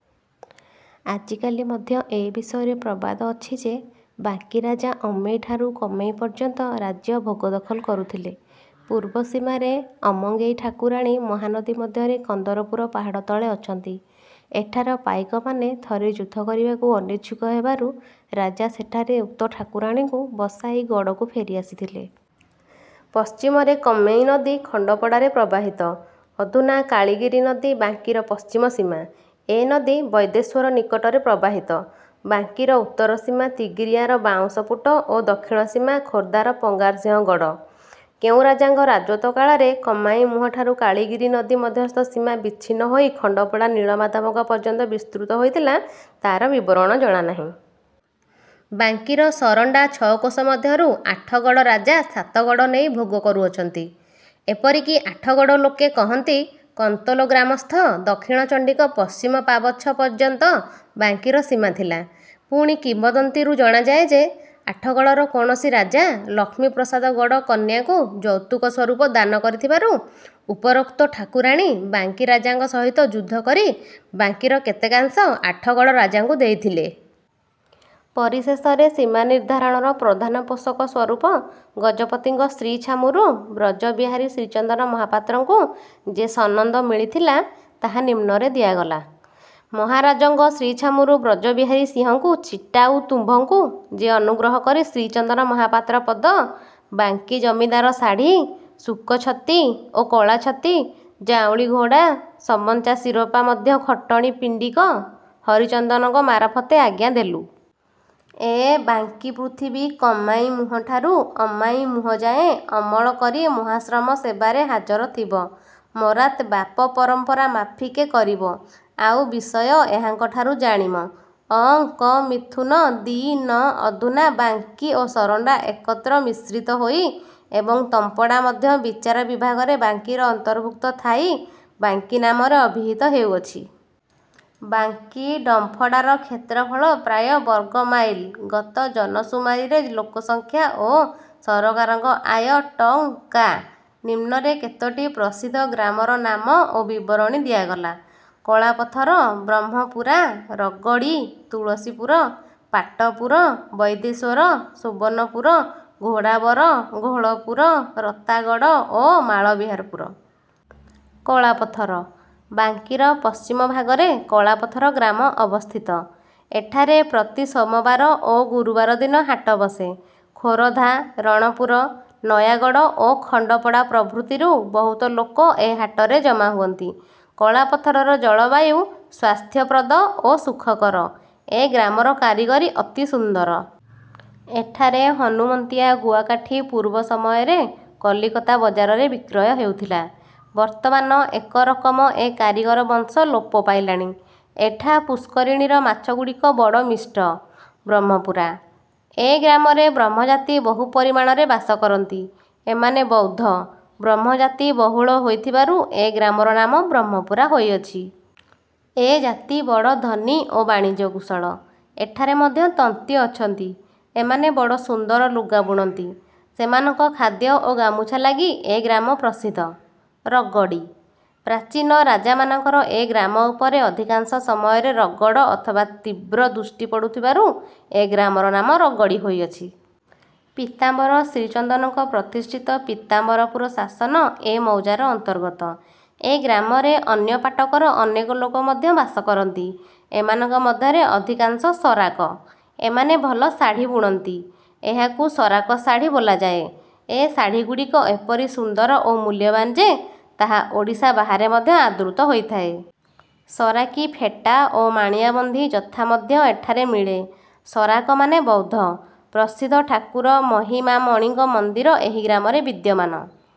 ଆଜିକାଲି ମଧ୍ୟ ଏ ବିଷୟରେ ପ୍ରବାଦ ଅଛି ଯେ, ବାଙ୍କୀରାଜା ଅମେଇଁଠାରୁ କମେଇଁ ପର୍ଯ୍ୟନ୍ତ ରାଜ୍ୟ ଭୋଗ ଦଖଲ କରୁଥିଲେ। ପୂର୍ବ ସୀମାରେ ଅମଙ୍ଗେଇ ଠାକୁରାଣୀ ମହାନଦୀ ମଧ୍ୟରେ କନ୍ଦରପୁର ପାହାଡ଼ ତଳେ ଅଛନ୍ତି। ଏଠାର ପାଇକମାନେ ଥରେ ଯୁଦ୍ଧ କରିବାକୁ ଅନିଚ୍ଛୁକ ହେବାରୁ ରାଜା ସେଠାରେ ଉକ୍ତ ଠାକୁରାଣୀଙ୍କୁ ବସାଇ ଗଡ଼କୁ ଫେରି ଆସିଥିଲେ। ପଶ୍ଚିମରେ କମେଇଁ ନଦୀ ଖଣ୍ଡପଡ଼ାରେ ପ୍ରବାହିତ। ଅଧୁନା କାଳିଗିରି ନଦୀ ବାଙ୍କୀର ପଶ୍ଚିମ ସୀମା। ଏ ନଦୀ ବୈଦ୍ୟେଶ୍ଵର ନିକଟରେ ପ୍ରବାହିତ। ବାଙ୍କୀର ଉତ୍ତର ସୀମା ତିଗିରିଆର ବାଉଁଶପୁଟ ଓ ଦକ୍ଷିଣ ସୀମା ଖୋର୍ଦ୍ଧାର ପଙ୍ଗାରସିଂହ ଗଡ଼। କେଉଁ ରାଜାଙ୍କ ରାଜତ୍ୱ କାଳରେ କମାଇଁ ମୁହଁଠାରୁ କାଳିଗିରି ନଦୀ ମଧ୍ୟସ୍ଥ ସୀମା ବିଚ୍ଛିନ୍ନ ହୋଇ ଖଣ୍ଡପଡ଼ା ନୀଳମାଧବଙ୍କ ପର୍ଯ୍ୟନ୍ତ ବିସ୍ତୃତ ହୋଇଥିଲା, ତା'ର ବିବରଣ ଜଣା ନାହିଁ। ବାଙ୍କୀର ସରଣ୍ଡା ଛଅ କୋଶ ମଧ୍ୟରୁ ଆଠଗଡ଼ ରାଜା ସାତଗଡ଼ ନେଇ ଭୋଗ କରୁଅଛନ୍ତି। ଏପରି କି ଆଠଗଡ଼ ଲୋକେ କହନ୍ତି−କନ୍ତୋଲ ଗ୍ରାମସ୍ଥ ଦକ୍ଷିଣ ଚଣ୍ଡୀଙ୍କ ପଶ୍ଚିମ ପାବଚ୍ଛ ପର୍ଯ୍ୟନ୍ତ ବାଙ୍କୀର ସୀମା ଥିଲା। ପୁଣି କିମ୍ବଦନ୍ତୀରୁ ଜଣାଯାଏ ଯେ, ଆଠଗଡ଼ର କୌଣସି ରାଜା ଲକ୍ଷ୍ମୀ ପ୍ରସାଦ ଗଡ଼ କନ୍ୟାକୁ ଯୌତୁକ ସ୍ୱରୂପ ଦାନ କରିଥିବାରୁ, ଉପରୋକ୍ତ ଠାକୁରାଣୀ ବାଙ୍କୀ ରାଜାଙ୍କ ସହିତ ଯୁଦ୍ଧ କରି ବାଙ୍କୀର କେତେକାଂଶ ଆଠଗଡ଼ ରାଜାଙ୍କୁ ଦେଇଥିଲେ। ପରିଶେଷରେ ସୀମା ନିର୍ଦ୍ଧାରଣର ପ୍ରଧାନ ପୋଷକ ସ୍ୱରୂପ ଗଜପତିଙ୍କ ଶ୍ରୀଛାମୁରୁ ବ୍ରଜବିହାରୀ ଶ୍ରୀଚନ୍ଦନ ମହାପାତ୍ରଙ୍କୁ ଯେ ସନନ୍ଦ ମିଳିଥିଲା, ତାହା ନିମ୍ନରେ ଦିଆଗଲା- ମହାରାଜଙ୍କ ଶ୍ରୀଛାମୁରୁ ବ୍ରଜବିହାରୀ ସିଂହଙ୍କୁ ଚିଟାଉ ତୁମ୍ଭଙ୍କୁ ଯେ ଅନୁଗ୍ରହ କରି ଶ୍ରୀଚନ୍ଦନ ମହାପାତ୍ର ପଦ, ବାଙ୍କୀ ଜମିଦାର ଶାଢ଼ି, ଶୁକ ଛତି ଓ କଳା ଛତି, ଯାଉଁଳି ଘୋଡ଼ା, ସମଞ୍ଚା ଶିରୋପା ମଧ୍ୟ ଖଟଣୀ ପିଣ୍ଡିକ ହରିଚନ୍ଦନଙ୍କ ମାରଫତେ ଆଜ୍ଞା ଦେଲୁ। ଏ ବାଙ୍କୀ ପୃଥିବୀ କମାଇଁ ମୁହଁଠାରୁ ଅମାଇଁ ମୁହଁଯାଏ ଅମଳ କରି ମହାଶ୍ରମ ସେବାରେ ହାଜରଥିବ। ମରାତ୍ ବାପ ପରମ୍ପରା ମାଫିକେ କରିବ। ଆଉ ବିଷୟ ଏହାଙ୍କଠାରୁ ଜାଣିମ। "ଅ ଙ୍କ ମିଥୁନ ଦି ନ'' ଅଧୁନା ବାଙ୍କୀ ଓ ସରଣ୍ଡା ଏକତ୍ର ମିଶ୍ରିତ ହୋଇ ଏବଂ ଡମ୍ପଡ଼ା ମଧ୍ୟ ବିଚାର ବିଭାଗରେ ବାଙ୍କୀର ଅନ୍ତର୍ଭୁକ୍ତ ଥାଇ ବାଙ୍କୀ ନାମରେ ଅଭିହିତ ହେଉଅଛି। ବାଙ୍କୀ ଡମ୍ଫଡ଼ାର କ୍ଷେତ୍ରଫଳ ପ୍ରାୟ ବର୍ଗ ମାଇଲ; ଗତ ଜନ−ସୁମାରୀରେ ଲୋକସଂଖ୍ୟା ଓ ସରକାରଙ୍କ ଆୟ ଟ. ଙ୍କା। ନିମ୍ନରେ କେତୋଟି ପ୍ରସିଦ୍ଧ ଗ୍ରାମର ନାମ ଓ ବିବରଣ ଦିଆଗଲା। କଳାପଥର, ବ୍ରହ୍ମପୁରା, ରଗଡ଼ୀ, ତୁଳସୀପୁର, ପାଟପୁର, ବୈଦ୍ୟେଶ୍ଵର, ସୁବର୍ଣ୍ଣପୁର, ଘୋଡ଼ାବର, ଘୋଳପୁର, ରତାଗଡ଼ ଓ ମାଳବିହାରପୁର। କଳାପଥର- ବାଙ୍କୀର ପଶ୍ଚିମ ଭାଗରେ କଳାପଥର ଗ୍ରାମ ଅବସ୍ଥିତ। ଏଠାରେ ପ୍ରତି ସୋମବାର ଓ ଗୁରୁବାର ଦିନ ହାଟ ବସେ। ଖୋରଧା, ରଣପୁର, ନୟାଗଡ଼ ଓ ଖଣ୍ଡପଡ଼ା ପ୍ରଭୃତିରୁ ବହୁତ ଲୋକ ଏ ହାଟରେ ଜମା ହୁଅନ୍ତି। କଳାପଥରର ଜଳବାୟୁ ସ୍ୱାସ୍ଥ୍ୟପ୍ରଦ ଓ ସୁଖକର। ଏ ଗ୍ରାମର କାରିଗରି ଅତି ସୁନ୍ଦର। ଏଠାରେ ହନୁମନ୍ତିଆ ଗୁଆକାଠି ପୂର୍ବ ସମୟରେ କଲିକତା ବଜାରରେ ବିକ୍ରୟ ହେଉଥିଲା। ବର୍ତ୍ତମାନ ଏକ ରକମ ଏ କାରିଗର ବଂଶ ଲୋପ ପାଇଲାଣି। ଏଠା ପୁଷ୍କରିଣୀର ମାଛଗୁଡ଼ିକ ବଡ଼ ମିଷ୍ଟ। ବ୍ରହ୍ମପୁରା- ଏ ଗ୍ରାମରେ ବ୍ରହ୍ମଜାତି ବହୁ ପରିମାଣରେ ବାସ କରନ୍ତି। ଏମାନେ ବୌଦ୍ଧ। ବ୍ରହ୍ମଜାତି ବହୁଳ ହୋଇଥିବାରୁ ଏ ଗ୍ରାମର ନାମ ବ୍ରହ୍ମପୁରା ହୋଇଅଛି। ଏ ଜାତି ବଡ଼ ଧନୀ ଓ ବାଣିଜ୍ୟ-କୁଶଳ। ଏଠାରେ ମଧ୍ୟ ତନ୍ତୀ ଅଛନ୍ତି। ଏମାନେ ବଡ଼ ସୁନ୍ଦର ଲୁଗା ବୁଣନ୍ତି। ସେମାନଙ୍କ ଖାଦ୍ୟ ଓ ଗାମୁଛା ଲାଗି ଏ ଗ୍ରାମ ପ୍ରସିଦ୍ଧ। ରଗଡ଼ୀ- ପ୍ରାଚୀନ ରାଜାମାନଙ୍କର ଏ ଗ୍ରାମ ଉପରେ ଅଧିକାଂଶ ସମୟରେ ରଗଡ଼ ଅଥବା ତୀବ୍ର ଦୃଷ୍ଟି ପଡ଼ୁଥିବାରୁ ଏ ଗ୍ରାମର ନାମ ରଗଡ଼ୀ ହୋଇଅଛି। ପୀତାମ୍ବର ଶ୍ରୀଚନ୍ଦନଙ୍କ ପ୍ରତିଷ୍ଠିତ ପୀତାମ୍ବରପୁର ଶାସନ ଏ ମୌଜାର ଅନ୍ତର୍ଗତ। ଏ ଗ୍ରାମରେ ଅନ୍ୟ ପାଟକର ଅନେକ ଲୋକ ମଧ୍ୟ ବାସ କରନ୍ତି। ଏମାନଙ୍କ ମଧ୍ୟରେ ଅଧିକାଂଶ ସରାକ। ଏମାନେ ଭଲ ଶାଢ଼ି ବୁଣନ୍ତି। ଏହାକୁ ସରାକ ଶାଢ଼ି ବୋଲାଯାଏ। ଏ ଶାଢ଼ିଗୁଡ଼ିକ ଏପରି ସୁନ୍ଦର ଓ ମୁଲ୍ୟବାନ୍ ଯେ, ତାହା ଓଡ଼ିଶା ବାହାରେ ମଧ୍ୟ ଆଦୃତ ହୋଇଥାଏ। ସରାକୀ ଫେଟା ଓ ମାଣିଆବନ୍ଧୀ ଯଥା ମଧ୍ୟ ଏଠାରେ ମିଳେ-। ସରାକମାନେ ବୌଦ୍ଧ। ପ୍ରସିଦ୍ଧ ଠାକୁର ମହିମାମଣିଙ୍କ ମନ୍ଦିର ଏହି ଗ୍ରାମରେ ବିଦ୍ୟମାନ।